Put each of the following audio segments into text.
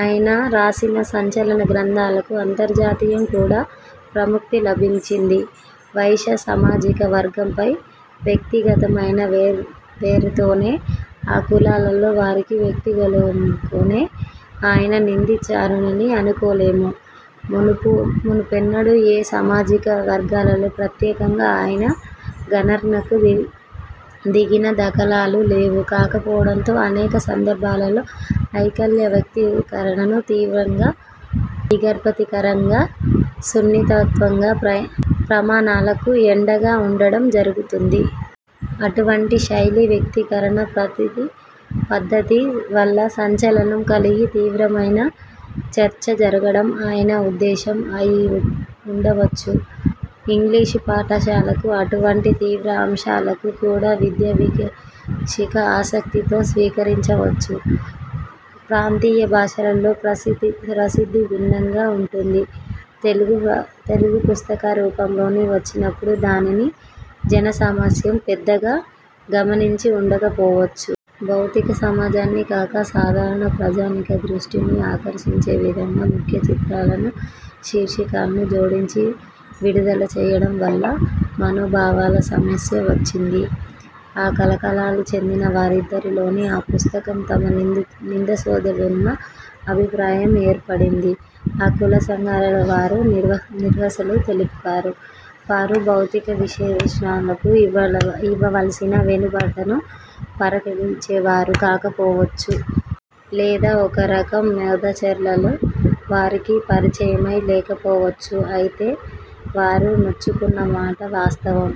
ఆయన రాసిన సంచలన గ్రంథాలకు అంతర్జాతీయంగా కూడా ప్రఖ్యాతి లభించింది. వైశ్య సామాజిక వర్గంపై వ్యక్తిగతమైన వైరంతోనో, ఆ కులంలోని వారిని వ్యక్తులుగానో ఆయన నిందించారని అనుకోలేము. మునుపు ఎన్నడూ ఆ సామాజిక వర్గంతో ప్రత్యేకంగా ఆయన ఘర్షణకు దిగిన దాఖలాలు లేవు. కాకపోతే, అనేక సందర్భాలలో ఐలయ్య వ్యక్తీకరణలు తీవ్రంగా, దిగ్ర్భాంతికరంగా, సున్నితత్వ ప్రమాణాలకు ఎడంగా ఉండడం జరుగుతోంది. అటువంటి శైలి, వ్యక్తీకరణ పద్ధతి వల్ల సంచలనం కలిగి, తీవ్రమయిన చర్చ జరగడం ఆయన ఉద్దేశం అయి ఉండవచ్చు. ఇంగ్లీషు పాఠకులు అటువంటి తీవ్ర అంశాలను కూడా విద్యావిషయిక ఆసక్తితో స్వీకరించవచ్చు. ప్రాంతీయభాషలలో పరిస్థితి భిన్నంగా ఉంటుంది. తెలుగులో పుస్తకరూపంలో వచ్చినప్పుడు దానిని జనసామాన్యం పెద్దగా గమనించి ఉండకపోవచ్చు. బౌద్ధిక సమాజాన్ని కాక, సాధారణ ప్రజానీకం దృష్టిని ఆకర్షించే విధంగా ముఖచిత్రాన్ని, శీర్షికను జోడించి విడుదల చేయడం వల్ల, మనోభావాల సమస్య వచ్చింది. ఆ కులానికి చెందిన వారందరిలోనూ, ఆ పుస్తకం తమని నిందిస్తోందన్న అభిప్రాయం ఏర్పడింది. ఈ కులసంఘాల వారు, నిరసనలు తెలుపుతున్న వారు బౌద్ధిక విశ్లేషణలకు ఇవ్వవలసిన వెసులుబాటును పరిగణించేవారు కాకపోవచ్చు. లేదా ఒకరకం మేధాచర్చలతో వారికి పరిచయమే లేకపోవచ్చు. అయితే, వారు నొచ్చుకున్న మాట వాస్తవం.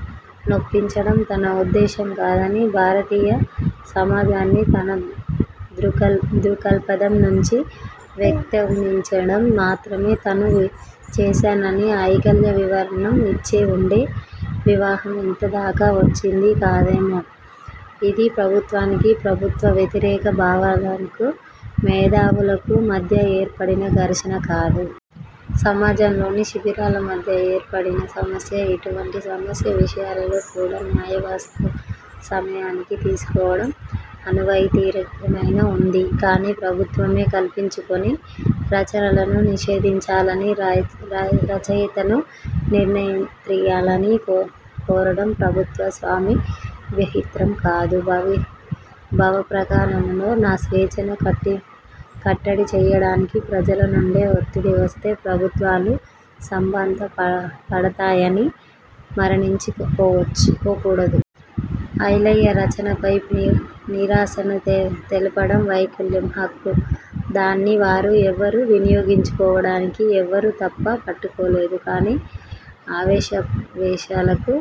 నొప్పించడం తన ఉద్దేశం కాదని, భారతీయ సమాజాన్ని తన దృక్పథం నుంచి వ్యాఖ్యానించడం మాత్రమే తాను చేశానని ఐలయ్య వివరణ ఇచ్చి ఉంటే వివాదం ఇంతదాకా వచ్చేది కాదేమో? ఇది ప్రభుత్వానికి, ప్రభుత్వ వ్యతిరేక భావాలున్న మేధావులకు మధ్య ఏర్పడిన ఘర్షణ కాదు. సమాజంలోని శిబిరాల మధ్య ఏర్పడిన సమస్య. ఇటువంటి సమస్యల విషయంలో కూడా న్యాయవ్యవస్థ సహాయాన్ని తీసుకోవడం ఆనవాయితీగానే ఉన్నది. కానీ, ప్రభుత్వమే కల్పించుకుని రచనలను నిషేధించాలని, రచయితను నియంత్రించాలని కోరడం ప్రజాస్వామ్య విహితం కాదు. భావప్రకటనాస్వేచ్ఛను కట్టడి చేయడానికి ప్రజల నుంచే ఒత్తిడి వస్తే, ప్రభుత్వాలు సంబరపడతాయని మరచిపోకూడదు. ఐలయ్య రచనపై నిరసన తెలపడం వైశ్యుల హక్కు, దాన్ని వారు వినియోగించుకోవడాన్ని ఎవరూ తప్పు పట్టలేరు. కానీ, ఆవేశకావేశాలకు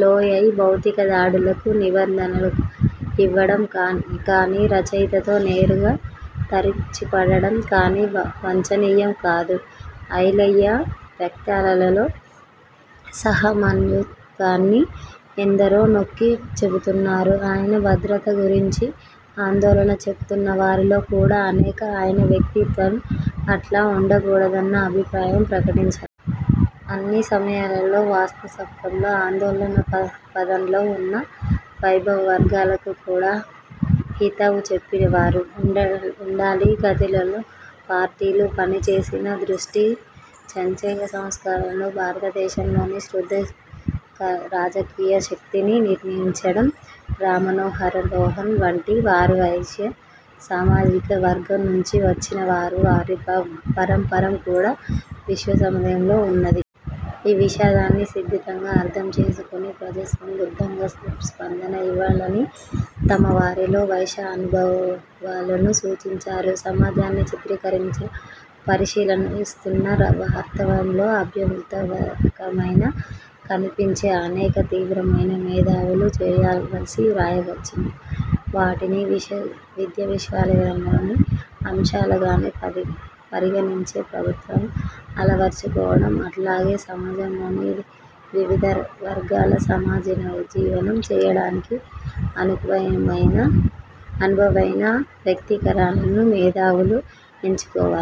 లోనయి భౌతిక దాడుల నినాదాలు యివ్వడం కానీ, రచయితతో నేరుగా తలపడడం కానీ వాంఛనీయం కాదు. ఐలయ్య వ్యాఖ్యలలోని అసమంజసత్వాన్ని ఎందరో నొక్కి చెబుతున్నారు. ఆయన భద్రత గురించి ఆందోళన చెందుతున్న వారిలో కూడా అనేకులు ఆయన వ్యక్తీకరణ అట్లా ఉండకూడదన్న అభిప్రాయం ప్రకటించారు. అదే సమయంలో, మనస్తాపంతో ఆందోళనాపథంలో ఉన్న వైశ్యవర్గాలకు కూడా హితవు చెప్పేవారు ఉండాలి. గదర్ పార్టీలో పనిచేసిన దరిశి చెంచయ్య, స్వతంత్ర భారతదేశంలో శూద్ర రాజకీయ శక్తిని నిర్మించిన రామ్మనోహర్ లోహియా వంటి వారు వైశ్య సామాజిక వర్గం నుంచి వచ్చినవారే. వారి పరంపర కూడా వైశ్యసమాజంలో ఉన్నది. ఈ వివాదాన్ని స్థిమితంగా అర్థం చేసుకుని, ప్రజాస్వామ్య బద్ధంగా స్పందనలు ఇవ్వాలని తమ వారికి వైశ్య అభ్యుదయవాదులు సూచించాలి. సమాజాన్ని చారిత్రకంగా పరిశీలిస్తున్నప్పుడు, వర్తమానంలో అభ్యంతరకరంగా కనిపించే అనేక సూత్రీకరణలు మేధావులు చేయవలసి రావచ్చును. వాటిని విద్యావిషయిక అంశాలుగానే పరిగణించే పరిపక్వత అలవరచుకోవాలి. అట్లాగే, సమాజంలోని వివిధ వర్గాలు సహజీవనం చేయడానికి అనువైన వ్యక్తీకరణలను మేధావులు ఎంచుకోవాలి.